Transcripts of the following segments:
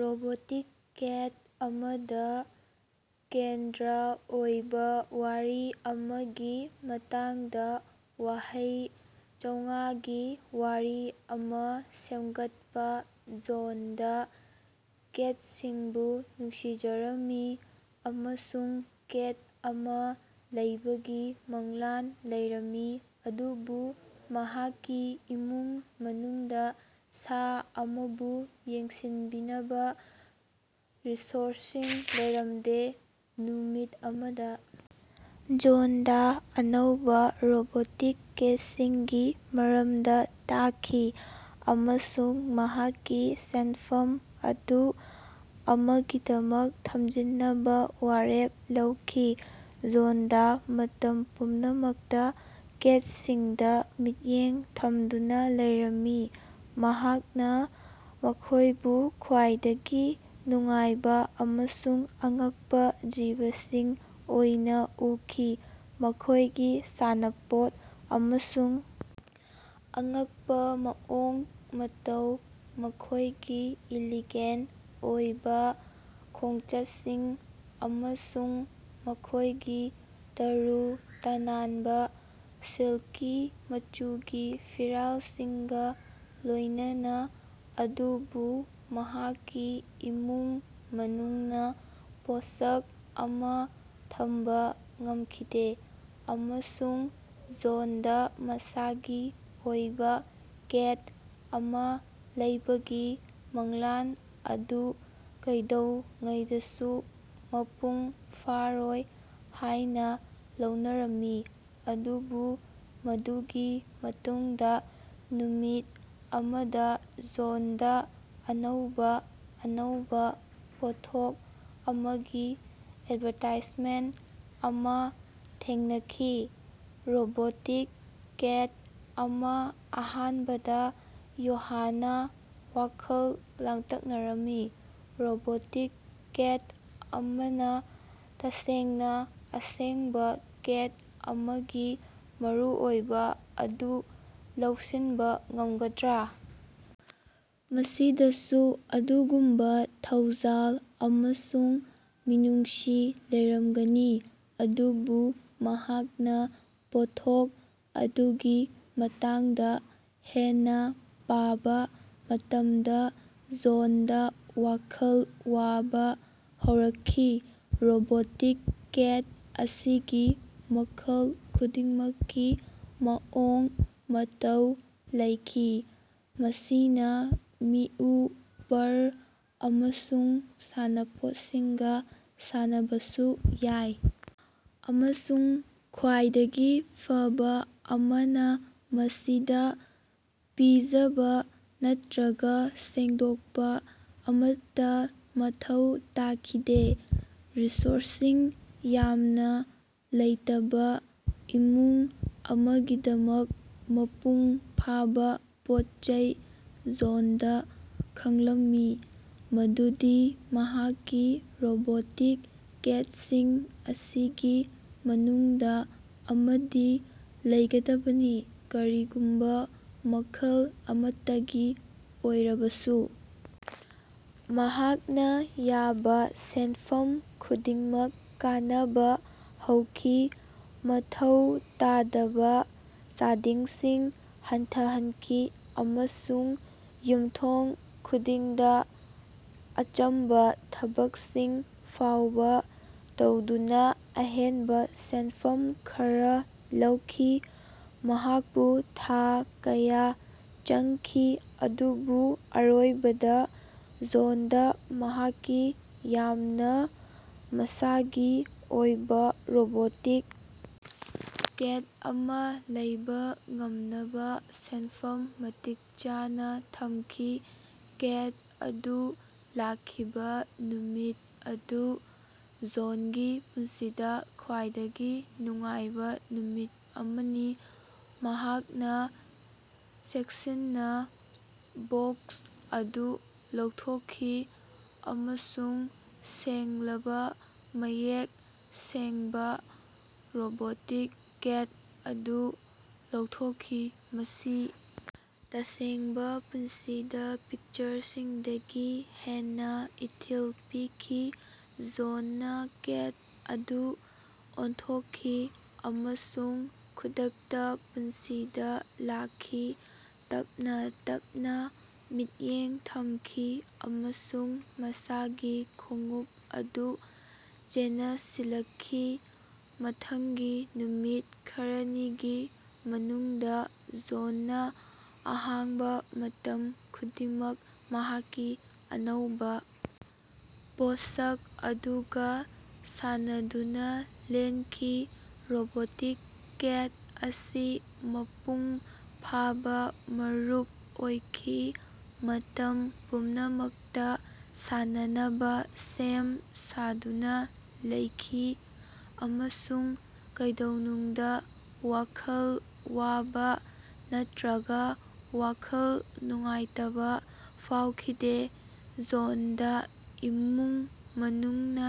Robotic ꯀꯦꯠ ꯑꯃꯗꯥ ꯀꯦꯟꯗ꯭ꯔ ꯑꯣꯏꯕꯥ ꯋꯥꯔꯤ ꯑꯃꯒꯤ ꯃꯇꯥꯡꯗꯥ ꯋꯥꯍꯩ ꯆꯧꯉꯥꯒꯤ ꯋꯥꯔꯤ ꯑꯃꯥ ꯁꯦꯝꯒꯠꯄꯥ꯫ ꯖꯣꯟꯗꯥ ꯀꯦꯠꯁꯤꯡꯕꯨ ꯅꯨꯡꯁꯤꯖꯔꯝꯃꯤ ꯑꯃꯁꯨꯡ ꯀꯦꯠ ꯑꯃꯥ ꯂꯩꯕꯒꯤ ꯃꯪꯂꯥꯟ ꯂꯩꯔꯝꯃꯤ ꯑꯗꯨꯕꯨ ꯃꯍꯥꯛꯀꯤ ꯏꯃꯨꯡ ꯃꯅꯨꯡꯗꯥ ꯁꯥ ꯑꯃꯕꯨ ꯌꯦꯡꯁꯤꯟꯕꯤꯅꯕꯥ ꯔꯤꯁꯣꯔꯁꯁꯤꯡ ꯂꯩꯔꯝꯗꯦ꯫ ꯅꯨꯃꯤꯠ ꯑꯃꯗꯥ ꯖꯣꯟꯗꯥ ꯑꯅꯧꯕꯥ ꯔꯣꯕꯣꯇꯤꯛ ꯀꯦꯠꯁꯤꯡꯒꯤ ꯃꯔꯝꯗꯥ ꯇꯥꯈꯤ ꯑꯃꯁꯨꯡ ꯃꯍꯥꯛꯀꯤ ꯁꯦꯟꯐꯝ ꯑꯗꯨ ꯑꯃꯒꯤꯗꯃꯛ ꯊꯝꯖꯤꯟꯅꯕꯥ ꯋꯥꯔꯦꯞ ꯂꯧꯈꯤ꯫ ꯖꯣꯟꯗꯥ ꯃꯇꯝ ꯄꯨꯝꯅꯃꯛꯇꯥ ꯀꯦꯠꯁꯤꯡꯗꯥ ꯃꯤꯠꯌꯦꯡ ꯊꯝꯗꯨꯅꯥ ꯂꯩꯔꯝꯃꯤ꯫ ꯃꯍꯥꯛꯅꯥ ꯃꯈꯣꯏꯕꯨ ꯈ꯭ꯋꯥꯏꯗꯒꯤ ꯅꯨꯡꯉꯥꯏꯕꯥ ꯑꯃꯁꯨꯡ ꯑꯉꯛꯄꯥ ꯖꯤꯕꯁꯤꯡ ꯑꯣꯏꯅꯥ ꯎꯈꯤ, ꯃꯈꯣꯏꯒꯤ ꯁꯥꯟꯅꯄꯣꯠ ꯑꯃꯁꯨꯡ ꯑꯉꯛꯄꯥ ꯃꯑꯣꯡ ꯃꯇꯧ, ꯃꯈꯣꯏꯒꯤ ꯏꯂꯤꯒꯦꯟꯇ ꯑꯣꯏꯕꯥ ꯈꯣꯡꯆꯠꯁꯤꯡ ꯑꯃꯁꯨꯡ ꯃꯈꯣꯏꯒꯤ ꯇꯔꯨ ꯇꯅꯥꯟꯕꯥ, ꯁꯤꯜꯀꯤ ꯃꯆꯨꯒꯤ ꯐꯤꯔꯥꯜꯁꯤꯡꯒꯥ ꯂꯣꯏꯅꯅꯥ꯫ ꯑꯗꯨꯕꯨ ꯃꯍꯥꯛꯀꯤ ꯏꯃꯨꯡ ꯃꯅꯨꯡꯅꯥ ꯄꯣꯠꯁꯛ ꯑꯃꯥ ꯊꯝꯕꯥ ꯉꯝꯈꯤꯗꯦ ꯑꯃꯁꯨꯡ ꯖꯣꯟꯗꯥ ꯃꯁꯥꯒꯤ ꯑꯣꯏꯕꯥ ꯀꯦꯠ ꯑꯃꯥ ꯂꯩꯕꯒꯤ ꯃꯪꯂꯥꯟ ꯑꯗꯨ ꯀꯩꯗꯧꯉꯩꯗꯁꯨ ꯃꯄꯨꯡ ꯐꯥꯔꯣꯏ ꯍꯥꯏꯅꯥ ꯂꯧꯅꯔꯝꯃꯤ꯫ ꯑꯗꯨꯕꯨ ꯃꯗꯨꯒꯤ ꯃꯇꯨꯡꯗꯥ, ꯅꯨꯃꯤꯠ ꯑꯃꯗꯥ, ꯖꯣꯟꯗꯥ ꯑꯅꯧꯕꯥ, ꯑꯅꯧꯕꯥ ꯄꯣꯠꯊꯣꯛ ꯑꯃꯒꯤ ꯑꯦꯗꯚꯥꯔꯇꯥꯏꯖꯃꯦꯟꯇ ꯑꯃꯥ ꯊꯦꯡꯅꯈꯤ – ꯔꯣꯕꯣꯇꯤꯛ ꯀꯦꯠ ꯑꯃꯥ꯫ ꯑꯍꯥꯟꯕꯗꯥ ꯌꯣꯍꯥꯟꯅꯥ ꯋꯥꯈꯜ ꯂꯥꯡꯇꯛꯅꯔꯝꯃꯤ꯫ ꯔꯣꯕꯣꯇꯤꯛ ꯀꯦꯠ ꯑꯃꯅꯥ ꯇꯁꯦꯡꯅꯥ ꯑꯁꯦꯡꯕꯥ ꯀꯦꯠ ꯑꯃꯒꯤ ꯃꯔꯨꯑꯣꯏꯕꯥ ꯑꯗꯨ ꯂꯧꯁꯤꯟꯕꯥ ꯉꯝꯒꯗ꯭ꯔꯥ? ꯃꯁꯤꯗꯥꯁꯨ ꯑꯗꯨꯒꯨꯝꯕꯥ ꯊꯧꯖꯥꯜ ꯑꯃꯁꯨꯡ ꯃꯤꯅꯨꯡꯁꯤ ꯂꯩꯔꯝꯒꯅꯤ? ꯑꯗꯨꯕꯨ ꯃꯍꯥꯛꯅꯥ ꯄꯣꯠꯊꯣꯛ ꯑꯗꯨꯒꯤ ꯃꯇꯥꯡꯗꯥ ꯍꯦꯟꯅꯥ ꯄꯥꯕꯥ ꯃꯇꯝꯗꯥ ꯖꯣꯟꯗꯥ ꯋꯥꯈꯜ ꯋꯥꯕꯥ ꯍꯧꯔꯛꯈꯤ꯫ ꯔꯣꯕꯣꯇꯤꯛ ꯀꯦꯠ ꯑꯁꯤꯒꯤ ꯃꯈꯜ ꯈꯨꯗꯤꯡꯃꯛꯀꯤ ꯃꯑꯣꯡ ꯃꯇꯧ ꯂꯩꯈꯤ ꯃꯁꯤꯅꯥ ꯃꯤꯎ, ꯄꯔꯔ, ꯑꯃꯁꯨꯡ ꯁꯥꯟꯅꯄꯣꯠꯁꯤꯡꯒꯥ ꯁꯥꯟꯅꯕꯁꯨ ꯌꯥꯏ꯫ ꯑꯃꯁꯨꯡ ꯈ꯭ꯋꯥꯏꯗꯒꯤ ꯐꯕꯥ ꯑꯃꯅꯥ, ꯃꯁꯤꯗꯥ ꯄꯤꯖꯕꯥ ꯅꯠꯇ꯭ꯔꯒꯥ ꯁꯦꯡꯗꯣꯛꯄꯥ ꯑꯃꯠꯇꯥ ꯃꯊꯧ ꯇꯥꯈꯤꯗꯦ ꯔꯤꯁꯣꯔꯁꯁꯤꯡ ꯌꯥꯝꯅꯥ ꯂꯩꯇꯕꯥ ꯏꯃꯨꯡ ꯑꯃꯒꯤꯗꯃꯛ ꯃꯄꯨꯡ ꯐꯥꯕꯥ ꯄꯣꯠꯆꯩ꯫ ꯖꯣꯟꯗꯥ ꯈꯪꯂꯝꯏ ꯃꯗꯨꯗꯤ ꯃꯍꯥꯛꯀꯤ ꯔꯣꯕꯣꯇꯤꯛ ꯀꯦꯠꯁꯤꯡ ꯑꯁꯤꯒꯤ ꯃꯅꯨꯡꯗꯥ ꯑꯃꯗꯤ ꯂꯩꯒꯗꯕꯅꯤ, ꯀꯔꯤꯒꯨꯝꯕꯥ ꯃꯈꯜ ꯑꯃꯠꯇꯒꯤ ꯑꯣꯏꯔꯕꯁꯨ꯫ ꯃꯍꯥꯛꯅꯥ ꯌꯥꯕꯥ ꯁꯦꯟꯐꯝ ꯈꯨꯗꯤꯡꯃꯛ ꯀꯅꯕꯥ ꯍꯧꯈꯤ, ꯃꯊꯧ ꯇꯥꯗꯕꯥ ꯆꯥꯗꯤꯡꯁꯤꯡ ꯍꯟꯊꯍꯟꯈꯤ ꯑꯃꯁꯨꯡ ꯌꯨꯝꯊꯣꯡ ꯈꯨꯗꯤꯡꯗꯥ ꯑꯆꯝꯕꯥ ꯊꯕꯛꯁꯤꯡ ꯐꯥꯎꯕꯥ ꯇꯧꯗꯨꯅꯥ ꯑꯍꯦꯟꯕꯥ ꯁꯦꯟꯐꯝ ꯈꯔꯥ ꯂꯧꯈꯤ꯫ ꯃꯍꯥꯛꯄꯨ ꯊꯥ ꯀꯌꯥ ꯆꯪꯈꯤ, ꯑꯗꯨꯕꯨ ꯑꯔꯣꯏꯕꯗꯥ, ꯖꯣꯟꯗꯥ ꯃꯍꯥꯛꯀꯤ ꯌꯥꯝꯅꯥ ꯃꯁꯥꯒꯤ ꯑꯣꯏꯕꯥ ꯔꯣꯕꯣꯇꯤꯛ ꯀꯦꯠ ꯑꯃꯥ ꯂꯧꯕꯥ ꯉꯝꯅꯕꯥ ꯁꯦꯟꯐꯝ ꯃꯇꯤꯛ ꯆꯥꯅꯥ ꯊꯝꯈꯤ꯫ ꯀꯦꯠ ꯑꯗꯨ ꯂꯥꯛꯈꯤꯕꯥ ꯅꯨꯃꯤꯠ ꯑꯗꯨ ꯖꯣꯟꯒꯤ ꯄꯨꯟꯁꯤꯗꯥ ꯈ꯭ꯋꯥꯏꯗꯒꯤ ꯅꯨꯡꯉꯥꯏꯕꯥ ꯅꯨꯃꯤꯠ ꯑꯃꯅꯤ꯫ ꯃꯍꯥꯛꯅꯥ ꯆꯦꯛꯁꯤꯟꯅꯥ ꯕꯣꯛꯁ ꯑꯗꯨ ꯂꯧꯊꯣꯛꯈꯤ ꯑꯃꯁꯨꯡ ꯁꯦꯡꯂꯕꯥ, ꯃꯌꯦꯛ ꯁꯦꯡꯕꯥ ꯔꯣꯕꯣꯇꯤꯛ ꯀꯦꯠ ꯑꯗꯨ ꯂꯧꯊꯣꯛꯈꯤ꯫ ꯃꯁꯤ ꯇꯁꯦꯡꯕꯥ ꯄꯨꯟꯁꯤꯗꯥ ꯄꯤꯛꯆꯔꯁꯤꯡꯗꯒꯤ ꯍꯦꯟꯅꯥ ꯏꯊꯤꯜ ꯄꯤꯈꯤ꯫ ꯖꯣꯟꯅ ꯀꯦꯠ ꯑꯗꯨ ꯑꯣꯟꯊꯣꯛꯈꯤ ꯑꯃꯁꯨꯡ ꯈꯨꯗꯛꯇꯥ ꯄꯨꯟꯁꯤꯗꯥ ꯂꯥꯛꯈꯤ, ꯇꯞꯅꯥ ꯇꯞꯅꯥ ꯃꯤꯠꯌꯦꯡ ꯊꯝꯈꯤ ꯑꯃꯁꯨꯡ ꯃꯁꯥꯒꯤ ꯈꯣꯡꯎꯞ ꯑꯗꯨ ꯆꯦꯅꯁꯤꯜꯂꯛꯈꯤ꯫ ꯃꯊꯪꯒꯤ ꯅꯨꯃꯤꯠ ꯈꯔꯅꯤꯒꯤ ꯃꯅꯨꯡꯗꯥ ꯖꯣꯟꯅꯥ ꯑꯍꯥꯡꯕꯥ ꯃꯇꯝ ꯈꯨꯗꯤꯡꯃꯛ ꯃꯍꯥꯛꯀꯤ ꯑꯅꯧꯕꯥ ꯄꯣꯠꯁꯛ ꯑꯗꯨꯒꯥ ꯁꯥꯟꯅꯗꯨꯅꯥ ꯂꯦꯟꯈꯤ꯫ ꯔꯣꯕꯣꯇꯤꯛ ꯀꯦꯠ ꯑꯁꯤ ꯃꯄꯨꯡ ꯐꯥꯕꯥ ꯃꯔꯨꯞ ꯑꯣꯏꯈꯤ, ꯃꯇꯝ ꯄꯨꯝꯅꯃꯛꯇꯥ ꯁꯥꯟꯅꯅꯕꯥ ꯁꯦꯝ ꯁꯥꯗꯨꯅꯥ ꯂꯩꯈꯤ, ꯑꯃꯁꯨꯡ ꯀꯩꯗꯧꯅꯨꯡꯗꯥ ꯋꯥꯈꯜ ꯋꯥꯕꯥ ꯅꯠꯇ꯭ꯔꯒꯥ ꯋꯥꯈꯜ ꯅꯨꯡꯉꯥꯏꯇꯕꯥ ꯐꯥꯎꯈꯤꯗꯦ꯫ ꯖꯣꯟꯗꯥ ꯏꯃꯨꯡ ꯃꯅꯨꯡꯅꯥ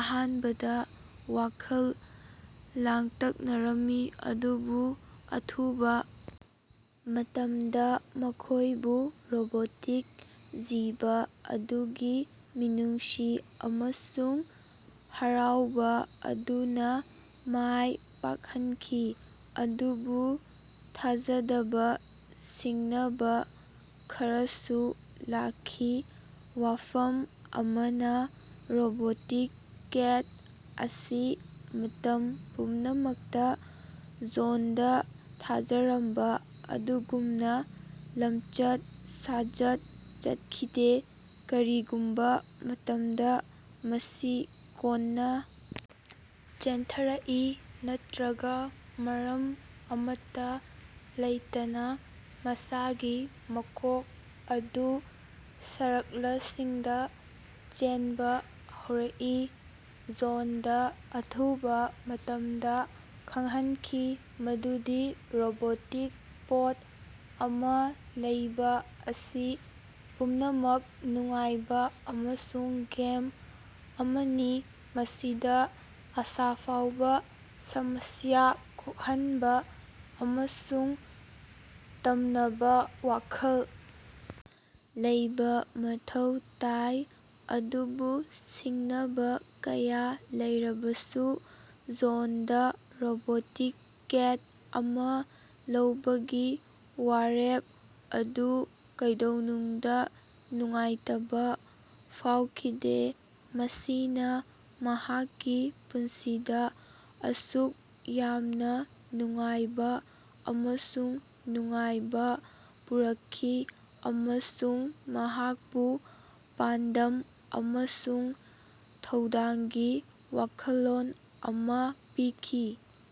ꯑꯍꯥꯟꯕꯗꯥ ꯋꯥꯈꯜ ꯂꯥꯡꯇꯛꯅꯔꯝꯃꯤ ꯑꯗꯨꯕꯨ ꯑꯊꯨꯕꯥ ꯃꯇꯝꯗꯥ ꯃꯈꯣꯏꯕꯨ ꯔꯣꯕꯣꯇꯤꯛ ꯖꯤꯕ ꯑꯗꯨꯒꯤ ꯃꯤꯅꯨꯡꯁꯤ ꯑꯃꯁꯨꯡ ꯍꯔꯥꯎꯕꯥ ꯑꯗꯨꯅꯥ ꯃꯥꯏ ꯄꯥꯛꯍꯟꯈꯤ꯫ ꯑꯗꯨꯕꯨ ꯊꯥꯖꯗꯕꯥ ꯁꯤꯡꯅꯕꯥ ꯈꯔꯁꯨ ꯂꯥꯛꯈꯤ꯫ ꯋꯥꯐꯝ ꯑꯃꯅꯥ ꯔꯣꯕꯣꯇꯤꯛ ꯀꯦꯠ ꯑꯁꯤ ꯃꯇꯝ ꯄꯨꯝꯅꯃꯛꯇꯥ ꯖꯣꯟꯗꯥ ꯊꯥꯖꯔꯝꯕꯥ ꯑꯗꯨꯒꯨꯝꯅꯥ ꯂꯝꯆꯠ ꯁꯥꯖꯠ ꯆꯠꯈꯤꯗꯦ꯫ ꯀꯔꯤꯒꯨꯝꯕꯥ ꯃꯇꯝꯗꯥ, ꯃꯁꯤ ꯀꯣꯟꯅꯥ ꯆꯦꯟꯊꯔꯛꯏ ꯅꯠꯇ꯭ꯔꯒꯥ ꯃꯔꯝ ꯑꯃꯠꯇꯥ ꯂꯩꯇꯅꯥ ꯃꯁꯥꯒꯤ ꯃꯀꯣꯛ ꯑꯗꯨ ꯁꯔꯛꯂꯁꯤꯡꯗꯥ ꯆꯦꯟꯕꯥ ꯍꯧꯔꯛꯏ꯫ ꯖꯣꯟꯗꯥ ꯑꯊꯨꯕꯥ ꯃꯇꯝꯗꯥ ꯈꯪꯍꯟꯈꯤ ꯃꯗꯨꯗꯤ ꯔꯣꯕꯣꯇꯤꯛ ꯄꯣꯠ ꯑꯃꯥ ꯂꯩꯕꯥ ꯑꯁꯤ ꯄꯨꯝꯅꯃꯛ ꯅꯨꯡꯉꯥꯏꯕꯥ ꯑꯃꯁꯨꯡ ꯒꯦꯝ ꯑꯃꯅꯤ ꯃꯁꯤꯗꯥ ꯑꯁꯥꯐꯧꯕꯥ, ꯁꯃꯁ꯭ꯌꯥ ꯀꯣꯛꯍꯟꯕꯥ ꯑꯃꯁꯨꯡ ꯇꯝꯅꯕꯥ ꯋꯥꯈꯜ ꯂꯩꯕꯥ ꯃꯊꯧ ꯇꯥꯏ꯫ ꯑꯗꯨꯕꯨ ꯁꯤꯡꯅꯕꯥ ꯀꯌꯥ ꯂꯩꯔꯕꯁꯨ ꯖꯣꯟꯗꯥ ꯔꯣꯕꯣꯇꯤꯛ ꯀꯦꯠ ꯑꯃꯥ ꯂꯧꯕꯒꯤ ꯋꯥꯔꯦꯞ ꯑꯗꯨ ꯀꯩꯗꯧꯅꯨꯡꯗꯥ ꯅꯨꯡꯉꯥꯏꯇꯕꯥ ꯐꯥꯎꯈꯤꯗꯦ꯫ ꯃꯁꯤꯅꯥ ꯃꯍꯥꯛꯀꯤ ꯄꯨꯟꯁꯤꯗꯥ ꯑꯁꯨꯛ ꯌꯥꯝꯅꯥ ꯅꯨꯡꯉꯥꯏꯕꯥ ꯑꯃꯁꯨꯡ ꯅꯨꯡꯉꯥꯏꯕꯥ ꯄꯨꯔꯛꯈꯤ ꯑꯃꯁꯨꯡ ꯃꯍꯥꯛꯄꯨ ꯄꯥꯟꯗꯝ ꯑꯃꯁꯨꯡ ꯊꯧꯗꯥꯡꯒꯤ ꯋꯥꯈꯜꯂꯣꯟ ꯑꯃꯥ ꯄꯤꯈꯤ꯫